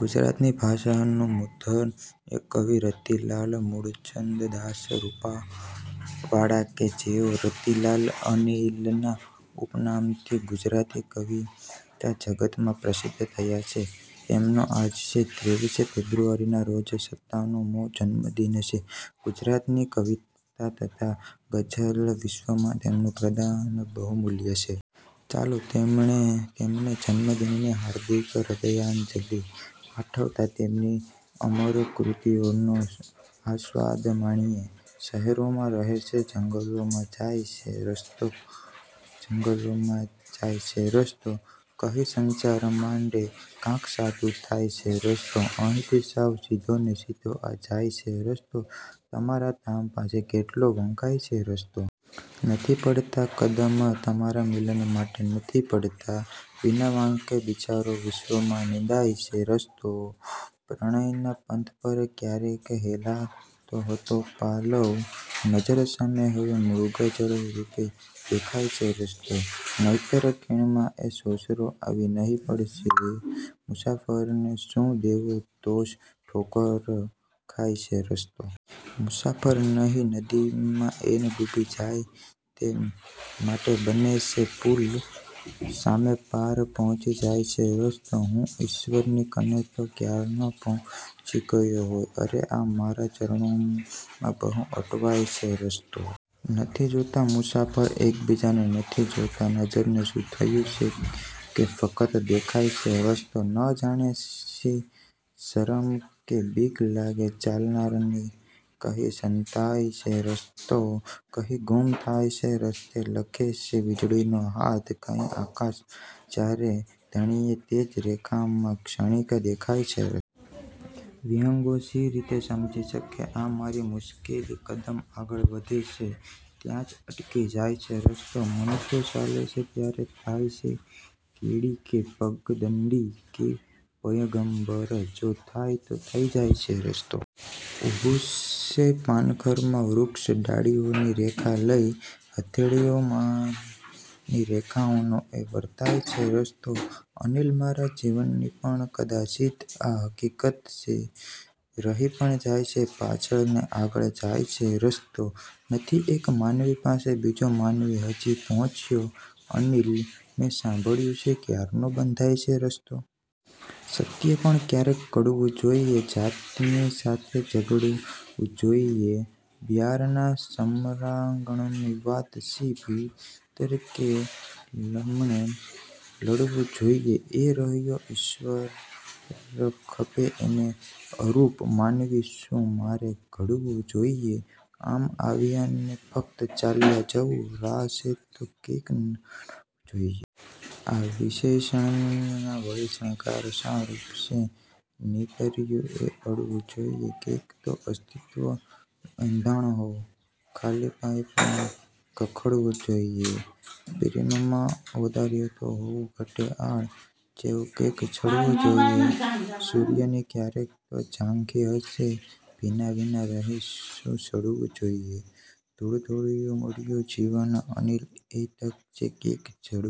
ગુજરાતી ભાષાના મૂર્ધન્ય કવિ રતિલાલ મૂળચંદદાસ રૂપાવાળા કે જેઓ રતિલાલ 'અનિલ'ના ઉપનામથી ગુજરાતી કવિતા જગતમાં પ્રસિદ્ધ થયા છે. તેમનો આજે ત્રેવીસ ફેબ્રુઆરીના રોજ સતાનું મો જન્મદિન છે. ગુજરાતી કવિતા તથા ગઝલ વિશ્વમાં તેમનું પ્રદાન બહુમૂલ્ય છે. ચાલો, તેમને જન્મદિનની હાર્દિક હૃદયાંજલિ પાઠવતાં તેમની અમર કૃતિઓનો આસ્વાદ માણીએ… શહેરોમાં રહે છે, જંગલોમાં જાય છે રસ્તો, કહીં સંસાર માંડે, ક્યાંક સાધુ થાય છે રસ્તો. અહીંથી સાવ સીધો ને સીધો આ જાય છે રસ્તો, તમારા ધામ પાસે કેટલો વંકાય છે રસ્તો! નથી પડતાં કદમ, તારા મિલન માટે નથી પડતાં, વિના વાંકે બિચારો વિશ્વમાં નિંદાય છે રસ્તો. પ્રણયના પંથ પર ક્યારેક લ્હેરાતો હતો પાલવ, નજર સામે હવે મૃગજળ રૂપે દેખાય છે રસ્તો. નહિતર ખીણમાં એ સોંસરો આવી નહીં પડતે, મુસાફરને શું દેવો દોષ, ઠોકર ખાય છે રસ્તો! મુસાફર નહિ, નદીમાં એ ન ડૂબી જાય તે માટે, બને છે પુલ, સામે પાર પ્હોંચી જાય છે રસ્તો. હું ઈશ્વરની કને તો ક્યારનો પ્હોંચી ગયો હોત, અરે, આ મારાં ચરણોમાં બહુ અટવાય છે રસ્તો! નથી જોતા મુસાફર એકબીજાને નથી જોતા, નજરને શું થયું છે કે ફકત દેખાય છે રસ્તો! ન જાણે શી શરમ કે બીક લાગે ચાલનારાની, કહીં સંતાય છે રસ્તો, કહીં ગુમ થાય છે રસ્તો. લખે છે વીજળીનો હાથ કંઈ આકાશમાં જ્યારે, ઘણીએ તેજ રેખામાં ક્ષણિક દેખાય છે રસ્તો! વિહંગો શી રીતે સમજી શકે આ મારી મુશ્કેલી, કદમ આગળ વધે છે ત્યાં જ અટકી જાય છે રસ્તો! મનુષ્યો ચાલે છે ત્યારે થાય છે કેડી કે પગદંડી, કે પયગમ્બર જો જાય તો થઈ જાય છે રસ્તો! ઊભું છે પાનખરમાં વૃક્ષ ડાળીઓની રેખા લઈ, હથેળીઓની રેખાઓનો એ વર્તાય છે રસ્તો! 'અનિલ' મારા જીવનની પણ કદાચિત્ આ હકીકત છે, રહી પણ જાય છે પાછળ ને આગળ જાય છે રસ્તો! નથી એક માનવી પાસે બીજો માનવી હજી પ્હોંચ્યો, 'અનિલ', મેં સાંભળ્યું છે ક્યારનો બંધાય છે રસ્તો! સત્ય પણ ક્યારેક કડવું જોઇએ, જાતની સાથે ઝઘડવું જોઇએ! બ્હારના સમરાંગણોની વાત શી? ભીતરે કે લમણે લડવું જોઇએ! એ રહ્યો ઇશ્વર, ખપે એને અરૂપ; માનવી છું, મારે ઘડવું જોઇએ! આમ આવ્યા ને ફક્ત ચાલ્યા જવું, રાહ છે તો કૈંક નડવું જોઇએ! આ વિશેષણના વળી શણગાર શા? રૂપ છે નીતર્યુ તે અડવું જોઇએ! કૈંક તો અસ્તિત્વનું એંધાણ હો! ખાલીપાએ પણ ખખડવું જોઇએ! પ્રેમમાં ઔંદાર્ય તો હોવું ઘટે! આળ જેવું કૈંક ચડવું જોઇએ! સૂર્યની ક્યારેક તો ઝાંખી હશે, ભીના ભીના રહી શું સડવું જોઇએ? ધૂળધોયાનું મળ્યું જીવન અનિલ, એય તક છે, કૈંક જડવું